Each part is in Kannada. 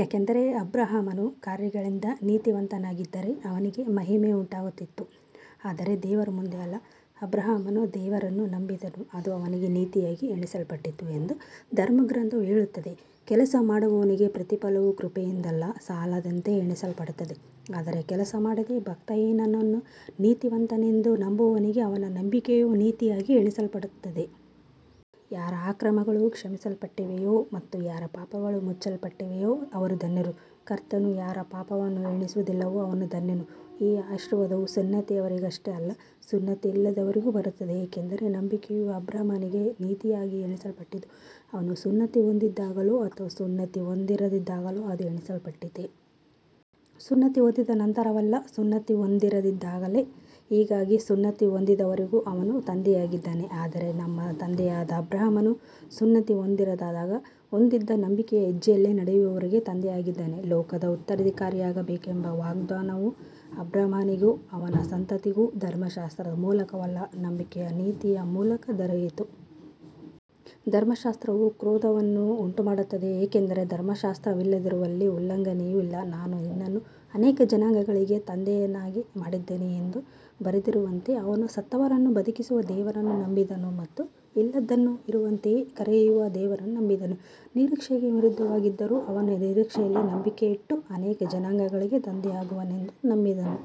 ಯಾಕಂದರೆ ಅಬ್ರಹಾಮನು ಕಾರ್ಯಗಳಿಂದ ನೀತಿವಂತನಾಗಿದ್ದರೆ ಅವನಿಗೆ ಮಹಿಮೆಯುಂಟಾಗುತ್ತಿತ್ತು, ಆದರೆ ದೇವರ ಮುಂದೆ ಅಲ್ಲ. ಅಬ್ರಹಾಮನು ದೇವರನ್ನು ನಂಬಿದನು, ಅದು ಅವನಿಗೆ ನೀತಿಯಾಗಿ ಎಣಿಸಲ್ಪಟ್ಟಿತು ಎಂದು ಧರ್ಮಗ್ರಂಥವು ಹೇಳುತ್ತದೆ. ಕೆಲಸ ಮಾಡುವವನಿಗೆ ಪ್ರತಿಫಲವು ಕೃಪೆಯಿಂದಲ್ಲ, ಸಾಲದಂತೆ ಎಣಿಸಲ್ಪಡುತ್ತದೆ. ಆದರೆ ಕೆಲಸ ಮಾಡದೆ, ಭಕ್ತಿಹೀನನನ್ನು ನೀತಿವಂತನೆಂದು ನಂಬುವವನಿಗೆ ಅವನ ನಂಬಿಕೆಯು ನೀತಿಯಾಗಿ ಎಣಿಸಲ್ಪಡುತ್ತದೆ. ಯಾರ ಅಕ್ರಮಗಳು ಕ್ಷಮಿಸಲ್ಪಟ್ಟಿವೆಯೋ ಮತ್ತು ಯಾರ ಪಾಪಗಳು ಮುಚ್ಚಲ್ಪಟ್ಟಿವೆಯೋ ಅವರು ಧನ್ಯರು. ಕರ್ತನು ಯಾರ ಪಾಪವನ್ನು ಎಣಿಸುವುದಿಲ್ಲವೋ ಅವನು ಧನ್ಯನು. ಈ ಆಶೀರ್ವಾದವು ಸುನ್ನತಿಯವರಿಗಷ್ಟೇ ಅಲ್ಲ, ಸುನ್ನತಿಯಿಲ್ಲದವರಿಗೂ ಬರುತ್ತದೆ, ಏಕೆಂದರೆ ನಂಬಿಕೆಯು ಅಬ್ರಹಾಮನಿಗೆ ನೀತಿಯಾಗಿ ಎಣಿಸಲ್ಪಟ್ಟಿತು. ಅವನು ಸುನ್ನತಿ ಹೊಂದಿದ್ದಾಗಲೋ ಅಥವಾ ಸುನ್ನತಿ ಹೊಂದಿರದಿದ್ದಾಗಲೋ ಅದು ಎಣಿಸಲ್ಪಟ್ಟಿತೇ. ಸುನ್ನತಿ ಹೊಂದಿದ ನಂತರವಲ್ಲ, ಸುನ್ನತಿ ಹೊಂದಿರದಿದ್ದಾಗಲೇ. ಹೀಗಾಗಿ ಸುನ್ನತಿ ಹೊಂದಿರದವರಿಗೂ ಅವನು ತಂದೆಯಾಗಿದ್ದಾನೆ, ಅಂದರೆ ನಮ್ಮ ತಂದೆಯಾದ ಅಬ್ರಹಾಮನು ಸುನ್ನತಿ ಹೊಂದಿರದಾಗ ಹೊಂದಿದ್ದ ನಂಬಿಕೆಯ ಹೆಜ್ಜೆಯಲ್ಲಿ ನಡೆಯುವವರಿಗೆ ತಂದೆಯಾಗಿದ್ದಾನೆ. ಲೋಕದ ಉತ್ತರಾಧಿಕಾರಿಯಾಗಬೇಕೆಂಬ ವಾಗ್ದಾನವು ಅಬ್ರಹಾಮನಿಗೂ ಅವನ ಸಂತತಿಗೂ ಧರ್ಮಶಾಸ್ತ್ರದ ಮೂಲಕವಲ್ಲ, ನಂಬಿಕೆಯ ನೀತಿಯ ಮೂಲಕ ದೊರೆಯಿತು. ಧರ್ಮಶಾಸ್ತ್ರವು ಕ್ರೋಧವನ್ನು ಉಂಟುಮಾಡುತ್ತದೆ, ಏಕೆಂದರೆ ಧರ್ಮಶಾಸ್ತ್ರವಿಲ್ಲದಿರುವಲ್ಲಿ ಉಲ್ಲಂಘನೆಯೂ ಇಲ್ಲ. ನಾನು ನಿನ್ನನ್ನು ಅನೇಕ ಜನಾಂಗಗಳಿಗೆ ತಂದೆಯನ್ನಾಗಿ ಮಾಡಿದ್ದೇನೆ ಎಂದು ಬರೆದಿರುವಂತೆ, ಅವನು ಸತ್ತವರನ್ನು ಬದುಕಿಸುವ ದೇವರನ್ನು ನಂಬಿದನು ಮತ್ತು ಇಲ್ಲದ್ದನ್ನು ಇರುವಂತೆಯೇ ಕರೆಯುವ ದೇವರನ್ನು ನಂಬಿದನು. ನಿರೀಕ್ಷೆಗೆ ವಿರುದ್ಧವಾಗಿದ್ದರೂ, ಅವನು ನಿರೀಕ್ಷೆಯಲ್ಲಿ ನಂಬಿಕೆಯಿಟ್ಟು ಅನೇಕ ಜನಾಂಗಗಳಿಗೆ ತಂದೆಯಾಗುವನೆಂದು ನಂಬಿದನು.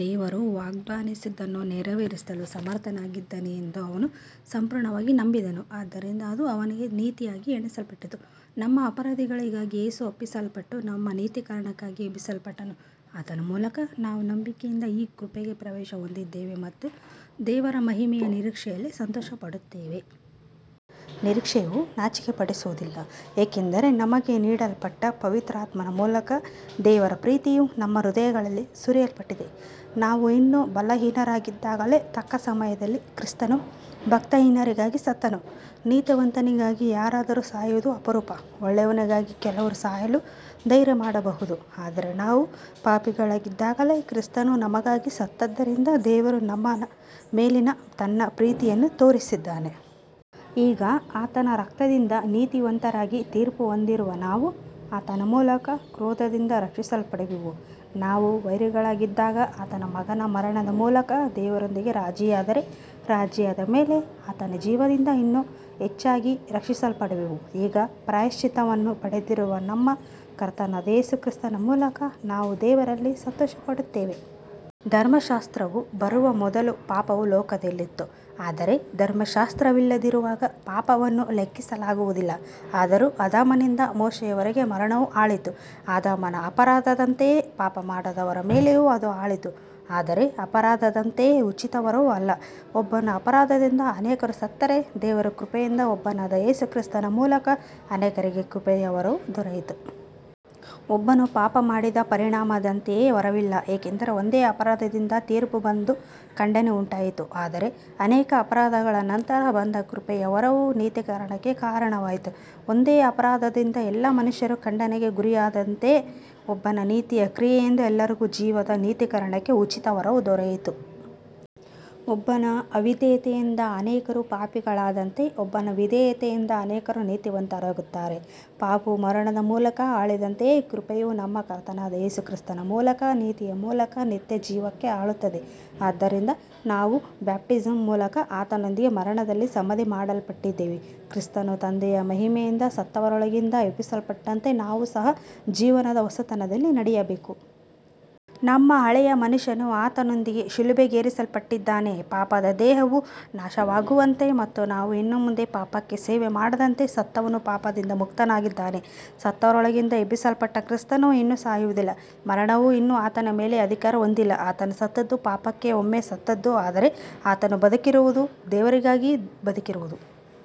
ದೇವರು ವಾಗ್ದಾನಿಸಿದ್ದನ್ನು ನೆರವೇರಿಸಲು ಸಮರ್ಥನಾಗಿದ್ದಾನೆ ಎಂದು ಅವನು ಸಂಪೂರ್ಣವಾಗಿ ನಂಬಿದನು. ಆದ್ದರಿಂದ ಅದು ಅವನಿಗೆ ನೀತಿಯಾಗಿ ಎಣಿಸಲ್ಪಟ್ಟಿತು. ನಮ್ಮ ಅಪರಾಧಗಳಿಗಾಗಿ ಯೇಸು ಒಪ್ಪಿಸಲ್ಪಟ್ಟು, ನಮ್ಮ ನೀತೀಕರಣಕ್ಕಾಗಿ ಎಬ್ಬಿಸಲ್ಪಟ್ಟನು. ಆತನ ಮೂಲಕ ನಾವು ನಂಬಿಕೆಯಿಂದ ಈ ಕೃಪೆಗೆ ಪ್ರವೇಶ ಹೊಂದಿದ್ದೇವೆ ಮತ್ತು ದೇವರ ಮಹಿಮೆಯ ನಿರೀಕ್ಷೆಯಲ್ಲಿ ಸಂತೋಷಪಡುತ್ತೇವೆ. ನಿರೀಕ್ಷೆಯು ನಾಚಿಕೆಪಡಿಸುವುದಿಲ್ಲ, ಏಕೆಂದರೆ ನಮಗೆ ನೀಡಲ್ಪಟ್ಟ ಪವಿತ್ರಾತ್ಮನ ಮೂಲಕ ದೇವರ ಪ್ರೀತಿಯು ನಮ್ಮ ಹೃದಯಗಳಲ್ಲಿ ಸುರಿಯಲ್ಪಟ್ಟಿದೆ. ನಾವು ಇನ್ನೂ ಬಲಹೀನರಾಗಿದ್ದಾಗಲೇ, ತಕ್ಕ ಸಮಯದಲ್ಲಿ ಕ್ರಿಸ್ತನು ಭಕ್ತಿಹೀನರಿಗಾಗಿ ಸತ್ತನು. ನೀತಿವಂತನಿಗಾಗಿ ಯಾರಾದರೂ ಸಾಯುವುದು ಅಪರೂಪ, ಒಳ್ಳೆಯವನಿಗಾಗಿ ಕೆಲವರು ಸಾಯಲು ಧೈರ್ಯಮಾಡಬಹುದು. ಆದರೆ ನಾವು ಪಾಪಿಗಳಾಗಿದ್ದಾಗಲೇ ಕ್ರಿಸ್ತನು ನಮಗಾಗಿ ಸತ್ತದ್ದರಿಂದ ದೇವರು ನಮ್ಮ ಮೇಲಿನ ತನ್ನ ಪ್ರೀತಿಯನ್ನು ತೋರಿಸಿದ್ದಾನೆ. ಈಗ ಆತನ ರಕ್ತದಿಂದ ನೀತಿವಂತರಾಗಿ ತೀರ್ಪು ಹೊಂದಿರುವ ನಾವು ಆತನ ಮೂಲಕ ಕ್ರೋಧದಿಂದ ರಕ್ಷಿಸಲ್ಪಡುವೆವು. ನಾವು ವೈರಿಗಳಾಗಿದ್ದಾಗ ಆತನ ಮಗನ ಮರಣದ ಮೂಲಕ ದೇವರೊಂದಿಗೆ ರಾಜಿಯಾದರೆ, ರಾಜಿಯಾದ ಮೇಲೆ ಆತನ ಜೀವದಿಂದ ಇನ್ನೂ ಹೆಚ್ಚಾಗಿ ರಕ್ಷಿಸಲ್ಪಡುವೆವು. ಈಗ ಪ್ರಾಯಶ್ಚಿತ್ತವನ್ನು ಪಡೆದಿರುವ ನಮ್ಮ ಕರ್ತನಾದ ಯೇಸು ಕ್ರಿಸ್ತನ ಮೂಲಕ ನಾವು ದೇವರಲ್ಲಿ ಸಂತೋಷಪಡುತ್ತೇವೆ. ಧರ್ಮಶಾಸ್ತ್ರವು ಬರುವ ಮೊದಲು ಪಾಪವು ಲೋಕದಲ್ಲಿತ್ತು, ಆದರೆ ಧರ್ಮಶಾಸ್ತ್ರವಿಲ್ಲದಿರುವಾಗ ಪಾಪವನ್ನು ಲೆಕ್ಕಿಸಲಾಗುವುದಿಲ್ಲ. ಆದರೂ ಆದಾಮನಿಂದ ಮೋಶೆಯವರೆಗೆ ಮರಣವು ಆಳಿತು, ಆದಾಮನ ಅಪರಾಧದಂತೆಯೇ ಪಾಪಮಾಡದವರ ಮೇಲೆಯೂ ಅದು ಆಳಿತು. ಆದರೆ ಅಪರಾಧದಂತೆಯೇ ಉಚಿತ ವರವೂ ಅಲ್ಲ. ಒಬ್ಬನ ಅಪರಾಧದಿಂದ ಅನೇಕರು ಸತ್ತರೆ, ದೇವರ ಕೃಪೆಯಿಂದ ಒಬ್ಬನಾದ ಯೇಸು ಕ್ರಿಸ್ತನ ಮೂಲಕ ಅನೇಕರಿಗೆ ಕೃಪೆಯ ವರವು ದೊರೆಯಿತು. ಒಬ್ಬನು ಪಾಪಮಾಡಿದ ಪರಿಣಾಮದಂತೆಯೇ ವರವಿಲ್ಲ, ಏಕೆಂದರೆ ಒಂದೇ ಅಪರಾಧದಿಂದ ತೀರ್ಪು ಬಂದು ಖಂಡನೆ ಉಂಟಾಯಿತು, ಆದರೆ ಅನೇಕ ಅಪರಾಧಗಳ ನಂತರ ಬಂದ ಕೃಪೆಯ ವರವು ನೀತೀಕರಣಕ್ಕೆ ಕಾರಣವಾಯಿತು. ಒಂದೇ ಅಪರಾಧದಿಂದ ಎಲ್ಲ ಮನುಷ್ಯರು ಖಂಡನೆಗೆ ಗುರಿಯಾದಂತೆಯೇ, ಒಬ್ಬನ ನೀತಿಯ ಕ್ರಿಯೆಯಿಂದ ಎಲ್ಲರಿಗೂ ಜೀವದ ನೀತೀಕರಣಕ್ಕೆ ಉಚಿತ ವರವು ದೊರೆಯಿತು. ಒಬ್ಬನ ಅವಿಧೇಯತೆಯಿಂದ ಅನೇಕರು ಪಾಪಿಗಳಾದಂತೆ, ಒಬ್ಬನ ವಿಧೇಯತೆಯಿಂದ ಅನೇಕರು ನೀತಿವಂತರಾಗುತ್ತಾರೆ. ಪಾಪವು ಮರಣದ ಮೂಲಕ ಆಳಿದಂತೆಯೇ, ಕೃಪೆಯು ನಮ್ಮ ಕರ್ತನಾದ ಯೇಸು ಕ್ರಿಸ್ತನ ಮೂಲಕ ನೀತಿಯ ಮೂಲಕ ನಿತ್ಯಜೀವಕ್ಕೆ ಆಳುತ್ತದೆ. ಆದ್ದರಿಂದ ನಾವು ಬ್ಯಾಪ್ಟಿಸಮ್ ಮೂಲಕ ಆತನೊಂದಿಗೆ ಮರಣದಲ್ಲಿ ಸಮಾಧಿ ಮಾಡಲ್ಪಟ್ಟಿದ್ದೇವೆ, ಕ್ರಿಸ್ತನು ತಂದೆಯ ಮಹಿಮೆಯಿಂದ ಸತ್ತವರೊಳಗಿಂದ ಎಬ್ಬಿಸಲ್ಪಟ್ಟಂತೆ ನಾವು ಸಹ ಜೀವನದ ಹೊಸತನದಲ್ಲಿ ನಡೆಯಬೇಕು. ನಮ್ಮ ಹಳೆಯ ಮನುಷ್ಯನು ಆತನೊಂದಿಗೆ ಶಿಲುಬೆಗೇರಿಸಲ್ಪಟ್ಟಿದ್ದಾನೆ, ಪಾಪದ ದೇಹವು ನಾಶವಾಗುವಂತೆ ಮತ್ತು ನಾವು ಇನ್ನು ಮುಂದೆ ಪಾಪಕ್ಕೆ ಸೇವೆ ಮಾಡದಂತೆ. ಸತ್ತವನು ಪಾಪದಿಂದ ಮುಕ್ತನಾಗಿದ್ದಾನೆ. ಸತ್ತವರೊಳಗಿಂದ ಎಬ್ಬಿಸಲ್ಪಟ್ಟ ಕ್ರಿಸ್ತನು ಇನ್ನು ಸಾಯುವುದಿಲ್ಲ, ಮರಣವು ಇನ್ನು ಆತನ ಮೇಲೆ ಅಧಿಕಾರ ಹೊಂದಿಲ್ಲ. ಆತನು ಸತ್ತದ್ದು ಪಾಪಕ್ಕೆ ಒಮ್ಮೆ ಸತ್ತದ್ದು, ಆದರೆ ಆತನು ಬದುಕಿರುವುದು ದೇವರಿಗಾಗಿ ಬದುಕಿರುವುದು.